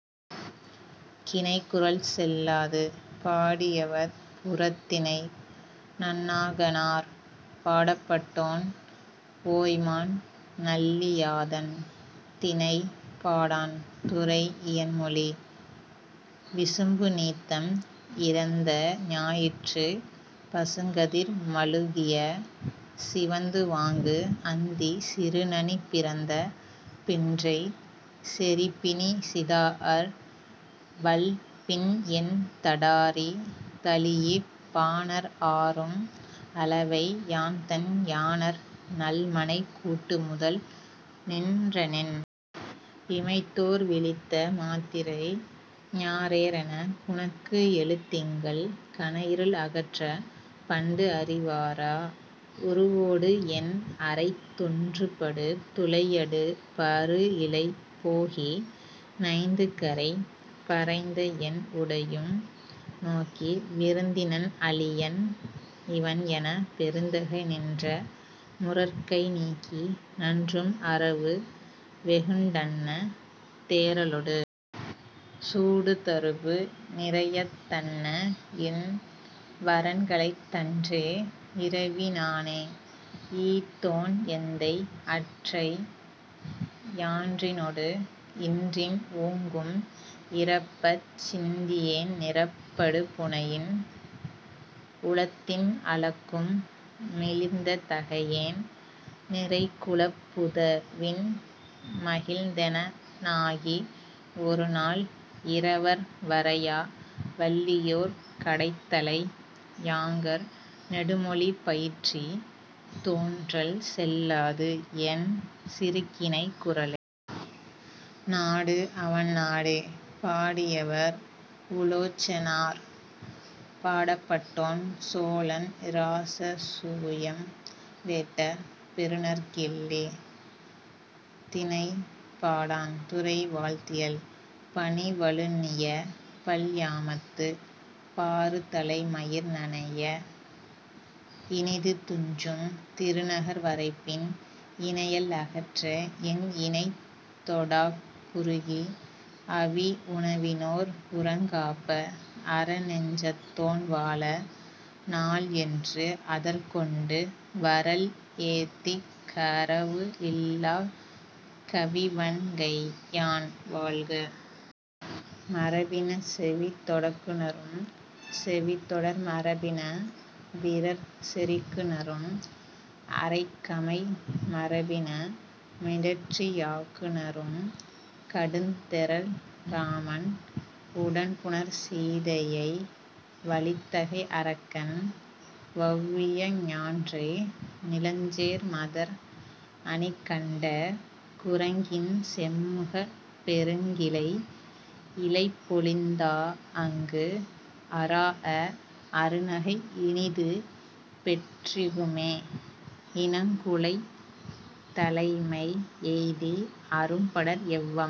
கிணைக்குரல் செல்லாது! பாடியவர்: புறத்திணை நன்னாகனார். பாடப்பட்டோன்: ஓய்மான் நல்லியாதன். திணை:பாடாண். துறை: இயன்மொழி. விசும்பு நீத்தம் இறந்த ஞாயிற்றுப் பசுங்கதிர் மழுகிய சிவந்துவாங்கு அந்தி சிறுநனி பிறந்த பின்றைச், செறிபிணிச் சிதாஅர் வள்பின்என் தடாரி தழீஇப், பாணர் ஆரும் அளவை, யான்தன் யாணர் நல்மனைக் கூட்டு முதல் நின்றனென்! இமைத்தோர் விழித்த மாத்திரை, ஞெரேரெனக், குணக்கு எழு திங்கள் கனைஇருள் அகற்றப், பண்டுஅறி வாரா உருவோடு, என் அரைத் தொன்றுபடு துளையடு பருஇழை போகி, நைந்துகரை பறைந்தஎன் உடையும் நோக்கி, 'விருந்தினன் அளியன், இவன்' எனப், பெருந்தகை நின்ற முரற்கை நீக்கி, நன்றும் அரவுவெகுண் டன்ன தேறலொடு. சூடுதருபு, நிரயத் தன்னஎன் வறன்களைந் தன்றே, இரவி னானே, ஈத்தோன் எந்தை; அற்றை ஞான்றினோடு இன்றின் ஊங்கும், இரப்பச் சிந்தியேன், நிரப்படு புணையின்; உளத்தின் அளக்கும் மிளிர்ந்த தகையேன்; நிறைக்குளப் புதவின் மகிழ்ந்தனெ னாகி, ஒருநாள், இரவலர் வரையா வள்ளியோர் கடைத்தலை, ஞாங்கர் நெடுமொழி பயிற்றித், தோன்றல் செல்லாது, என் சிறுகிணைக் குரலே.. நாடு அவன் நாடே! பாடியவர்: உலோச்சனார். பாடப்பட்டோன்: சோழன் இராசசூயம் வேட்ட பெருநற் கிள்ளி. திணை: பாடாண். துறை: வாழ்த்தியல். பனி பழுநிய பல் யாமத்துப் பாறு தலை மயிர் நனைய, இனிது துஞ்சும் திருநகர் வரைப்பின், இனையல் அகற்ற என் கிணைதொடாக் குறுகி, 'அவி உணவினோர் புறங் காப்ப, அற, நெஞ்சத்தோன் வாழ, நாள்' என்று, அதற் கொண்டு வரல் ஏத்திக் கரவு "இல்லாக் கவிவண் கையான், வாழ்க! மரபின செவித்தொடக் குநரும், செவித்தொடர் மரபின விரற்செறிக் குநரும், அரைக்கமை மரபின மிடற்றியாக் குநரும், கடுந்தெறல் இராமன் உடன்புணர் சீதையை வலித்தகை அரக்கன் வெளவிய ஞான்றை, நிலஞ்சேர் மதர் அணி கண்ட குரங்கின் செம்முகப் பெருங்கிளை இழைப்பொலிந் தா அங்கு, அறாஅ அருநகை இனிதுபெற் றிகுமே, இருங்குளைத் தலைமை எய்தி, அரும்படர் எவ்வம்